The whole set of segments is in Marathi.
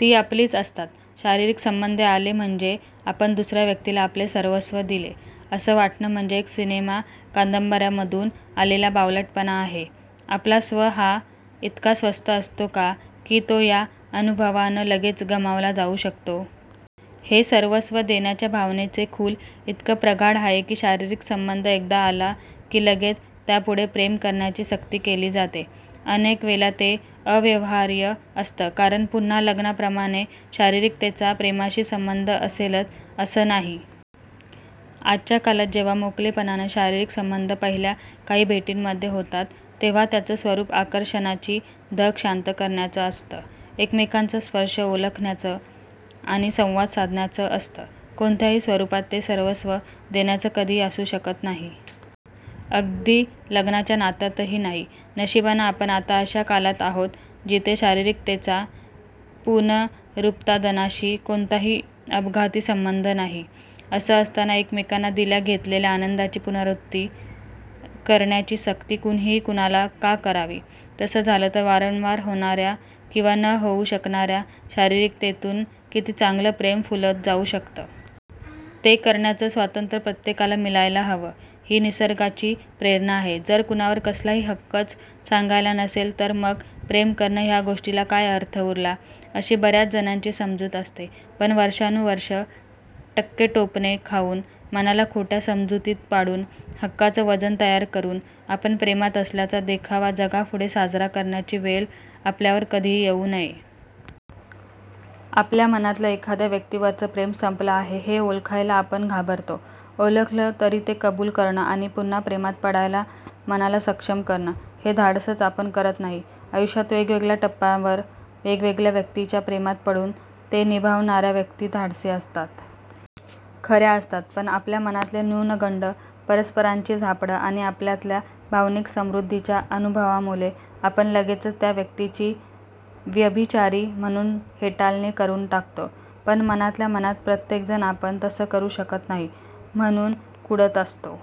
ती आपलीच असतात. शारीरिक संबंध आले म्हणजे आपण दुसऱ्या व्यक्तीला आपले सर्वस्व दिले असं वाटणं म्हणजे एक सिनेमा कादंबऱ्यांमधून आलेला बावळटपणा आहे. आपला स्व हा इतका स्वस्त असतो का, की तो या अनुभवानं लगेच गमावला जाऊ शकतो? हे सर्वस्व देण्याच्या भावनेचं खूळ इतकं प्रगाढ आहे की शारीरिक संबंध एकदा आला की लगेच त्यापुढे प्रेम करण्याची सक्ती केली जाते. अनेक वेळा ते अव्यवहार्य असतं कारण पुन्हा लग्नाप्रमाणे शारीरिकतेचा प्रेमाशी संबंध असेलच असं नाही. आजच्या काळात जेव्हा मोकळेपणानं शारीरिक संबंध पहिल्या काही भेटींमध्ये होतात तेव्हा त्याचं स्वरूप आकर्षणाची धग शांत करण्याचं असतं. एकमेकांचा स्पर्श ओळखण्याचं आणि संवाद साधण्याचं असतं. कोणत्याही स्वरूपात ते सर्वस्व देण्याचं कधीही असू शकत नाही. अगदी लग्नाच्या नात्यातही नाही. नशिबानं आपण आता अशा काळात आहोत जिथे शारीरिकतेचा पुनरुत्पादनाशी कोणताही अपघाती संबंध नाही. असं असताना एकमेकांना दिल्या घेतलेल्या आनंदाची पुनरावृत्ती करण्याची सक्ती कुणीही कुणाला का करावी? तसं झालं तर वारंवार होणार्या किंवा न होऊ शकणार्या शारीरिकतेतून किती चांगलं प्रेम फुलत जाऊ शकतं? ते करण्याचं स्वातंत्र्य प्रत्येकाला मिळायला हवं. ही निसर्गाची प्रेरणा आहे. जर कुणावर कसलाही हक्कच सांगायचा नसेल तर मग प्रेम करणं ह्या गोष्टीला काय अर्थ उरला, अशी बर्याच जणांची समजूत असते. पण वर्षानुवर्षं टक्केटोणपे खाऊन, मनाला खोट्या समजुतीत पाडून, हक्काचं वजन तयार करून आपण प्रेमात असल्याचा देखावा जगापुढे साजरा करण्याची वेळ आपल्यावर कधीही येऊ नये. आपल्या मनातलं एखाद्या व्यक्तीवरचं प्रेम संपलं आहे हे ओळखायला आपण घाबरतो. ओळखलं तरी ते कबूल करणं आणि पुन्हा प्रेमात पडायला मनाला सक्षम करणं हे धाडसच आपण करत नाही. आयुष्यात वेगवेगळ्या टप्प्यांवर वेगवेगळ्या व्यक्तींच्या प्रेमात पडून ते निभावणाऱ्या व्यक्ती धाडसी असतात. खऱ्या असतात. पण आपल्या मनातले न्यूनगंड, परस्परांची झापडं आणि आपल्यातल्या भावनिक समृद्धीच्या अनुभवामुळे आपण लगेचच त्या व्यक्तींची व्यभिचारी म्हणून हेटाळणी करून टाकतो. पण मनातल्या मनात प्रत्येकजण आपण तसं करू शकत नाही म्हणून कुढत असतो.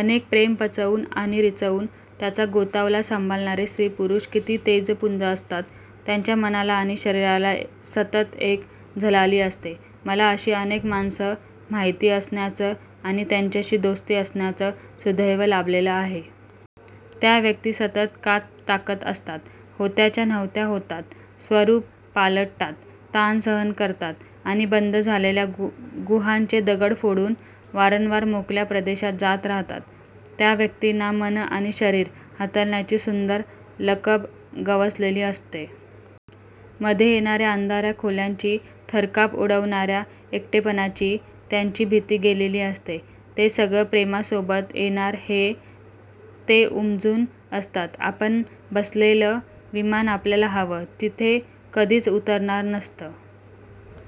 अनेक प्रेमं पचवून आणि रिचवून त्याचा गोतावळा सांभाळणारे स्त्रीपुरुष किती तेजःपुंज असतात. त्यांच्या मनाला आणि शरीराला सतत एक झळाळी असते. मला अशी अनेक माणसं माहिती असण्याचं आणि त्यांच्याशी दोस्ती असण्याचं सुदैव लाभलेलं आहे. त्या व्यक्ती सतत कात टाकत असतात. होत्याच्या नव्हत्या होतात. स्वरूपं पालटतात. ताण सहन करतात आणि बंद झालेल्या गुहांचे दगड फोडून वारंवार मोकळ्या प्रदेशात जात राहतात. त्या व्यक्तींना मनं आणि शरीरं हाताळण्याची सुंदर लकब गवसलेली असते. मध्ये येणाऱ्या अंधाऱ्या खोल्यांची, थरकाप उडवणाऱ्या एकटेपणाची त्यांची भीती गेलेली असते. ते सगळं प्रेमासोबत येणार हे ते उमजून असतात. आपण बसलेलं विमान आपल्याला हवं तिथे कधीच उतरणार नसतं.